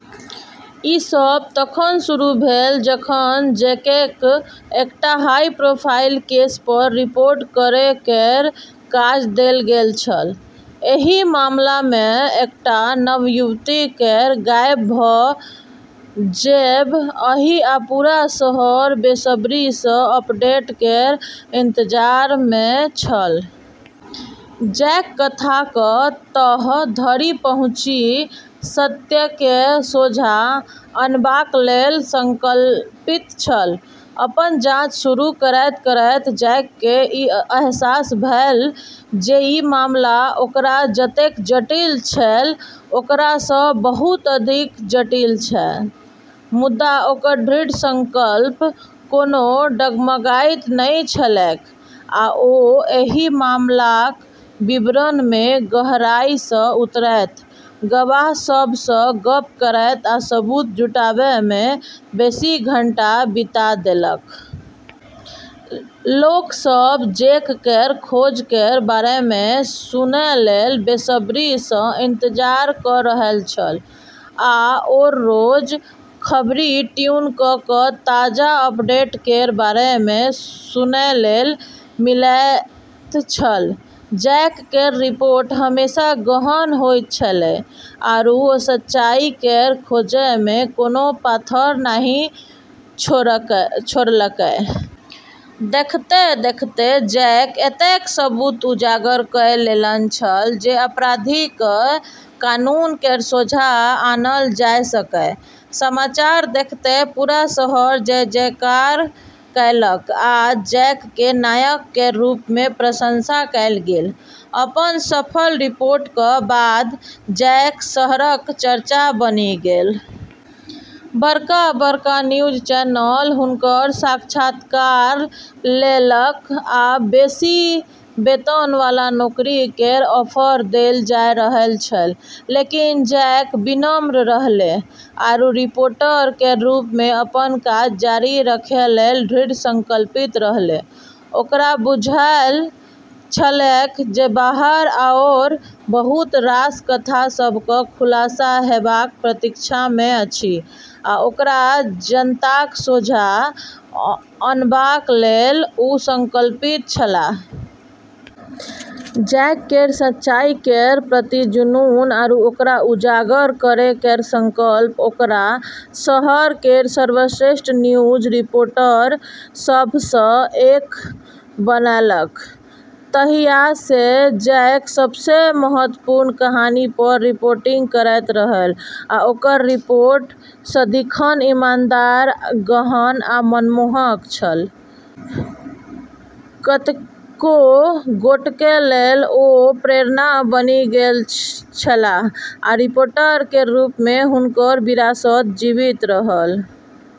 ई सब तखन शुरू भेल जखन जैककेँ एकटा हाई प्रोफाइल केसपर रिपोर्ट करै केर काज देल गेल छल। एहि मामलामे एकटा नवयुवती केर गायब भऽ जेब अछि आ पूरा शहर बेसब्रीसँ अपडेट केर इंतजारमे छल। जैक कथाक तह धरि पहुँची सत्यकेँ सोझाँ अनबाक लेल संकल्पित छल। अपन जांच शुरू करैत-करैत जैककेँ ई अहसास भेलै जे ई मामला ओकरा जतेक जटिल छेलै, ओकरासँ बहुत अधिक जटिल छै। मुदा ओकर दृढ़ संकल्प कोनो डगमगाइत नहि छलैक, आ ओ एहि मामलाक विवरणमे गहराईसँ उतरैत, गवाह सभसँ गप्प करैत आ सबूत जुटाबैमे बेसी घंटा बिता देलक। लोक सब जैक केर खोज केर बारेमे सुनै लेल बेसब्रीसँ इंतजार कऽ रहल छल, आओर रोज खबरि ट्यून कऽ कऽ ताजा अपडेट केर बारेमे सुनै लेल मिलैत छल। जैक केर रिपोर्ट हमेशा गहन होइत छेलै, आरू ओ सच्चाई केर खोजमे कोनो पाथर नहि छोड़लकै। देखैत-देखैत जैक एतेक सबूत उजागर कऽ लेने छल जे अपराधीकेँ कानून केर सोझाँ आनल जा सकए। समाचार देखैत पूरा शहर जय-जयकार कएलक, आ जैककेँ नायक केर रूपमे प्रशंसा कएल गेल। अपन सफल रिपोर्टक बाद जैक शहरक चर्चा बनि गेल। बड़का-बड़का न्यूज चैनल हुनक साक्षात्कार लेलक आ बेसी वेतनवाला नौकरी केर ऑफर देल जा रहल छल। लेकिन जैक विनम्र रहलै आरू रिपोर्टर केर रूपमे अपन काज जारी रखै लेल दृढ़ संकल्पित रहलै। ओकरा बुझल छलैक जे बाहर आओर बहुत रास कथा सभक खुलासा हेबाक प्रतीक्षामे अछि, आ ओकरा जनताक सोझाँ अनबाक लेल ओ संकल्पित छलाह। जैक केर सच्चाई केर प्रति जुनून आरू ओकरा उजागर करै केर संकल्प ओकरा शहर केर सर्वश्रेष्ठ न्यूज रिपोर्टर सभमेसँ एक बनेलकै। तहियासँ जैक सबसँ महत्वपूर्ण कहानीपर रिपोर्टिंग करैत रहल, आ ओकर रिपोर्ट सदिखन ईमानदार, गहन आ मनमोहक छल। कतेको गोटेक लेल ओ प्रेरणा बनि गेल छलाह, आ रिपोर्टर केर रूपमे हुनक विरासत जीवित रहल।